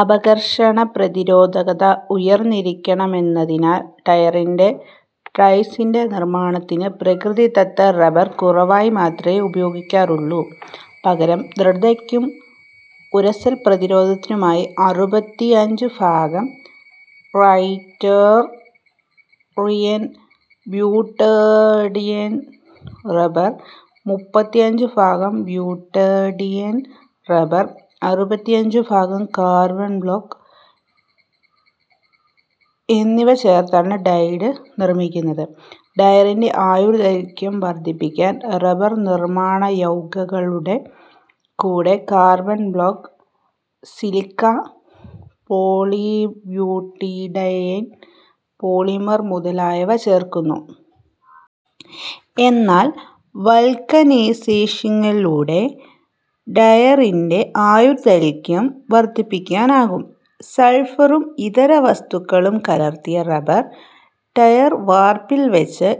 അപഘർഷണ പ്രതിരോധകത ഉയർന്നിരിക്കണമെന്നതിനാൽ, ടയറിൻ്റെ ട്രെഡ്ഡിൻ്റെ നിർമ്മാണത്തിന് പ്രകൃതിദത്ത റബർ കുറവായി മാത്രമേ ഉപയോഗിക്കാറുള്ളൂ. പകരം, ദൃഢതയ്ക്കും ഉരസൽ പ്രതിരോധത്തിനുമായി അറുപത്തിയഞ്ച് ഭാഗം സ്റ്റൈറീൻ-ബ്യൂട്ടഡൈൻ റബർ, മുപ്പത്തിയഞ്ച് ഭാഗം ബ്യൂട്ടഡൈൻ റബർ, അറുപത്തിയഞ്ച് ഭാഗം കാർബൺ ബ്ലാക്ക് എന്നിവ ചേർത്താണ് ട്രെഡ് നിർമ്മിക്കുന്നത്. ടയറിൻ്റെ ആയുർദൈർഘ്യം വർധിപ്പിക്കാൻ റബർ നിർമ്മാണയൗഗികങ്ങളുടെ കൂടെ carbon black, silica, polybutadiene polymer മുതലായവ ചേർക്കുന്നു. എന്നാൽ, വൾക്കനൈസേഷങ്ങളിലൂടെ ടയറിൻ്റെ ആയുർദൈർഘ്യം വർധിപ്പിക്കാനാകും. സൾഫറും ഇതര വസ്തുക്കളും കലർത്തിയ റബർ, ടയർ വാർപ്പിൽ വച്ച്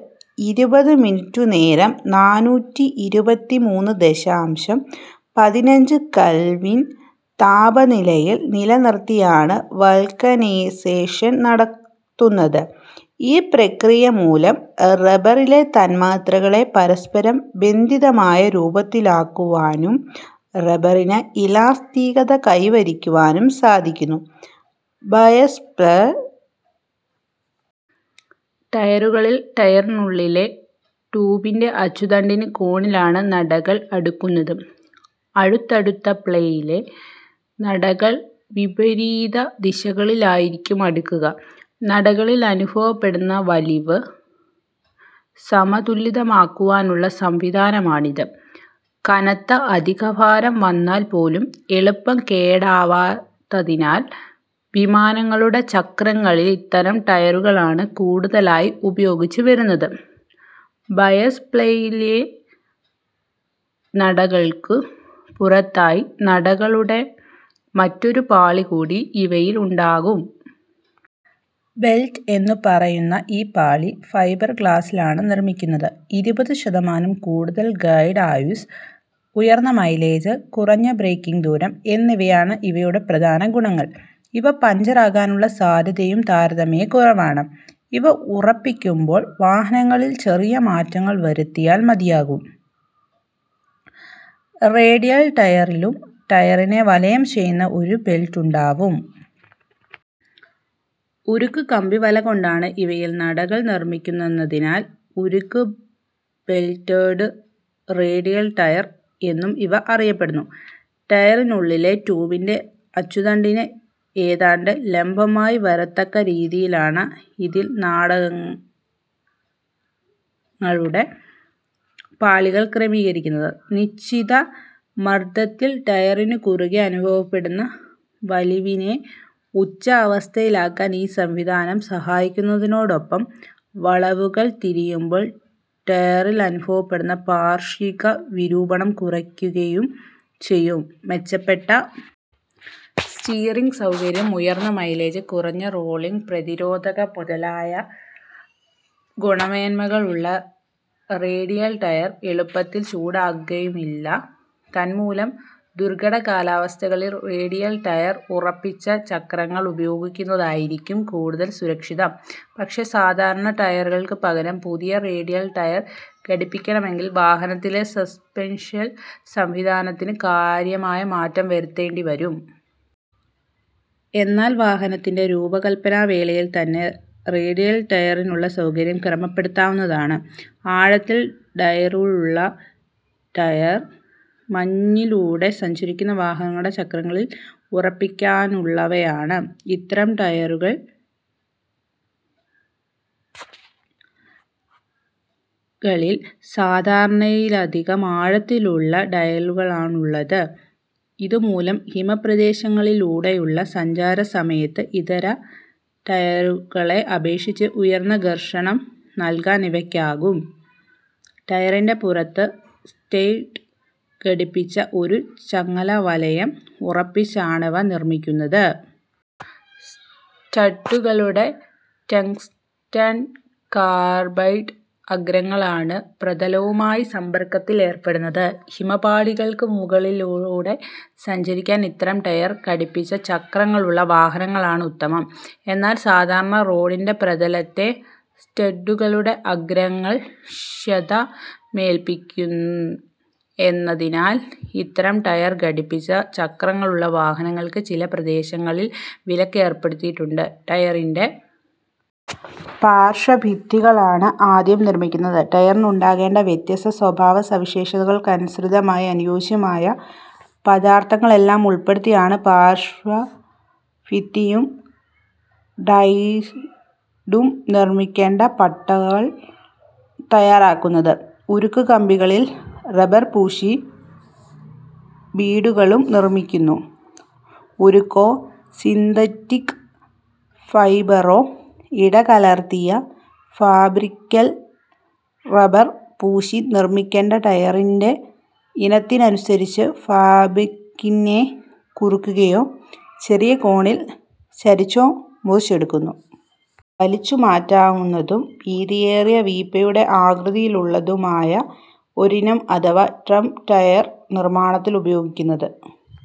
ഇരുപത് മിനിറ്റുനേരം നാനൂറ്റിയിരുപത്തിമൂന്ന് ദശാംശം പതിനഞ്ച് കെൽവിൻ താപനിലയിൽ നിലനിർത്തിയാണ് വൾക്കനൈസേഷൻ നടത്തുന്നത്. ഈ പ്രക്രിയമൂലം റബറിലെ തന്മാത്രകളെ പരസ്പരം ബന്ധിതമായ രൂപത്തിലാക്കുവാനും റബറിന് ഇലാസ്തികത കൈവരിക്കുവാനും സാധിക്കുന്നു. ബയസ്-പ്ലൈ ടയറുകളിൽ, ടയറിനുള്ളിലെ ട്യൂബിൻ്റെ അച്ചുതണ്ടിന് കോണിലാണ് നടകൾ അടുക്കുന്നത്. അടുത്തടുത്ത പ്ലൈയിലെ നടകൾ വിപരീത ദിശകളിലായിരിക്കും അടുക്കുക. നാടകളിൽ അനുഭവപ്പെടുന്ന വലിവ് സമതുലിതമാക്കുവാനുള്ള സംവിധാനമാണിത്. കനത്ത അധികഭാരം വന്നാൽ പോലും എളുപ്പം കേടാവാത്തതിനാൽ, വിമാനങ്ങളുടെ ചക്രങ്ങളിൽ ഇത്തരം ടയറുകളാണ് കൂടുതലായി ഉപയോഗിച്ചുവരുന്നത്. ബയസ്-പ്ലൈയിലെ നടകൾക്കു പുറത്തായി നടകളുടെ മറ്റൊരു പാളി കൂടി ഇവയിൽ ഉണ്ടാകും. ബെൽറ്റ് എന്നു പറയുന്ന ഈ പാളി ഫൈബർഗ്ലാസിലാണ് നിർമ്മിക്കുന്നത്. ഇരുപത് ശതമാനം കൂടുതൽ ഗൈഡ്-ആയുസ്സ്, ഉയർന്ന മൈലേജ്, കുറഞ്ഞ ബ്രേക്കിങ് ദൂരം എന്നിവയാണ് ഇവയുടെ പ്രധാന ഗുണങ്ങൾ. ഇവ പഞ്ചറാകാനുള്ള സാധ്യതയും താരതമ്യേന കുറവാണ്. ഇവ ഉറപ്പിക്കുമ്പോൾ വാഹനങ്ങളിൽ ചെറിയ മാറ്റങ്ങൾ വരുത്തിയാൽ മതിയാകും. റേഡിയൽ ടയറിലും ടയറിനെ വലയം ചെയ്യുന്ന ഒരു ബെൽറ്റുണ്ടാവും. ഉരുക്കുകമ്പിവല കൊണ്ടാണ് ഇവയിലെ നടകൾ നിർമ്മിക്കുന്നതെന്നതിനാൽ, ഉരുക്ക്-ബെൽറ്റഡ് റേഡിയൽ ടയർ എന്നും ഇവ അറിയപ്പെടുന്നു. ടയറിനുള്ളിലെ ട്യൂബിൻ്റെ അച്ചുതണ്ടിന് ഏതാണ്ട് ലംബമായി വരത്തക്ക രീതിയിലാണ് ഇതിൽ നാടകളുടെ പാളികൾ ക്രമീകരിക്കുന്നത്. നിശ്ചിത മർദ്ദത്തിൽ ടയറിനു കുറുകെ അനുഭവപ്പെടുന്ന വലിവിനെ ഉച്ചാവസ്ഥയിലാക്കാൻ ഈ സംവിധാനം സഹായിക്കുന്നതിനോടൊപ്പം, വളവുകൾ തിരിയുമ്പോൾ ടയറിൽ അനുഭവപ്പെടുന്ന പാർശ്വിക വിരൂപണം കുറയ്ക്കുകയും ചെയ്യും. മെച്ചപ്പെട്ട സ്റ്റിയറിങ് സൗകര്യം, ഉയർന്ന മൈലേജ്, കുറഞ്ഞ റോളിങ് പ്രതിരോധകത മുതലായ ഗുണമേന്മകളുള്ള റേഡിയൽ ടയർ എളുപ്പത്തിൽ ചൂടാകുകയുമില്ല. തന്മൂലം, ദുർഘട കാലാവസ്ഥകളിൽ റേഡിയൽ ടയർ ഉറപ്പിച്ച ചക്രങ്ങൾ ഉപയോഗിക്കുന്നതായിരിക്കും കൂടുതൽ സുരക്ഷിതം. പക്ഷേ, സാധാരണ ടയറുകൾക്കു പകരം പുതിയ റേഡിയൽ ടയർ ഘടിപ്പിക്കണമെങ്കിൽ, വാഹനത്തിലെ സസ്പെൻഷൻ സംവിധാനത്തിന് കാര്യമായ മാറ്റം വരുത്തേണ്ടിവരും. എന്നാൽ, വാഹനത്തിൻ്റെ രൂപകൽപ്പനാവേളയിൽത്തന്നെ റേഡിയൽ ടയറിനുള്ള സൗകര്യം ക്രമപ്പെടുത്താവുന്നതുമാണ്. ആഴത്തിൽ ട്രെഡ്ഡുള്ള ടയർ മഞ്ഞിലൂടെ സഞ്ചരിക്കുന്ന വാഹനങ്ങളുടെ ചക്രങ്ങളിൽ ഉറപ്പിക്കാനുള്ളവയാണ്. ഇത്തരം ടയറുകളിൽ സാധാരണയിലധികം ആഴത്തിലുള്ള ട്രെഡ്ഡാണുള്ളത്. ഇതുമൂലം, ഹിമപ്രതലങ്ങളിലൂടെയുള്ള സഞ്ചാരസമയത്ത് ഇതര ടയറുകളെ അപേക്ഷിച്ച് ഉയർന്ന ഘർഷണം നൽകാൻ ഇവയ്ക്കാവും. ടയറിൻ്റെ പുറത്ത് സ്റ്റഡ്ഡ് ഘടിപ്പിച്ച ഒരു ചങ്ങലവലയം ഉറപ്പിച്ചാണിവ നിർമ്മിക്കുന്നത്. സ്റ്റഡ്ഡുകളുടെ ടങ്സ്റ്റൺ കാർബൈഡ് അഗ്രങ്ങളാണ് പ്രതലവുമായി സമ്പർക്കത്തിൽ ഏർപ്പെടുന്നത്. ഹിമപാളികൾക്കു മുകളിലൂടെ സഞ്ചരിക്കാൻ ഇത്തരം ടയർ ഘടിപ്പിച്ച ചക്രങ്ങളുള്ള വാഹനങ്ങളാണ് ഉത്തമം. എന്നാൽ, സാധാരണ റോഡിൻ്റെ പ്രതലത്തെ സ്റ്റഡ്ഡുകളുടെ അഗ്രങ്ങൾ ക്ഷതമേൽപ്പിക്കും എന്നതിനാൽ, ഇത്തരം ടയർ ഘടിപ്പിച്ച ചക്രങ്ങളുള്ള വാഹനങ്ങൾക്ക് ചില പ്രദേശങ്ങളിൽ വിലക്ക് ഏർപ്പെടുത്തിയിട്ടുണ്ട്. ടയറിൻ്റെ പാർശ്വഭിത്തികളാണ് ആദ്യം നിർമ്മിക്കുന്നത്. ടയറിന് ഉണ്ടാകേണ്ട വ്യത്യസ്ത സ്വഭാവവിശേഷങ്ങൾക്കനുസൃതമായി അനുയോജ്യമായ പദാർഥങ്ങളെല്ലാം ഉൾപ്പെടുത്തിയാണ് പാർശ്വഭിത്തിയും ട്രെഡ്ഡും നിർമ്മിക്കേണ്ട പട്ടകൾ തയ്യാറാക്കുന്നത്. ഉരുക്കുകമ്പികളിൽ റബർ പൂശി ബീഡുകളും നിർമ്മിക്കുന്നു. ഉരുക്കോ സിന്തറ്റിക് ഫൈബറോ ഇടകലർത്തിയ ഫാബ്രിക്കിൽ റബർ പൂശി, നിർമ്മിക്കേണ്ട ടയറിൻ്റെ ഇനത്തിനനുസരിച്ച് ഫാബ്രിക്കിനെ കുറുകെയോ ചെറിയ കോണിൽ ചരിച്ചോ മുറിച്ചെടുക്കുന്നു. വലിച്ചുമാറ്റാവുന്നതും വീതിയേറിയ വീപ്പയുടെ ആകൃതിയിലുള്ളതുമായ ഒരിനം അഥവാ ഡ്രം ടയർ നിർമ്മാണത്തിൽ ഉപയോഗിക്കുന്നത്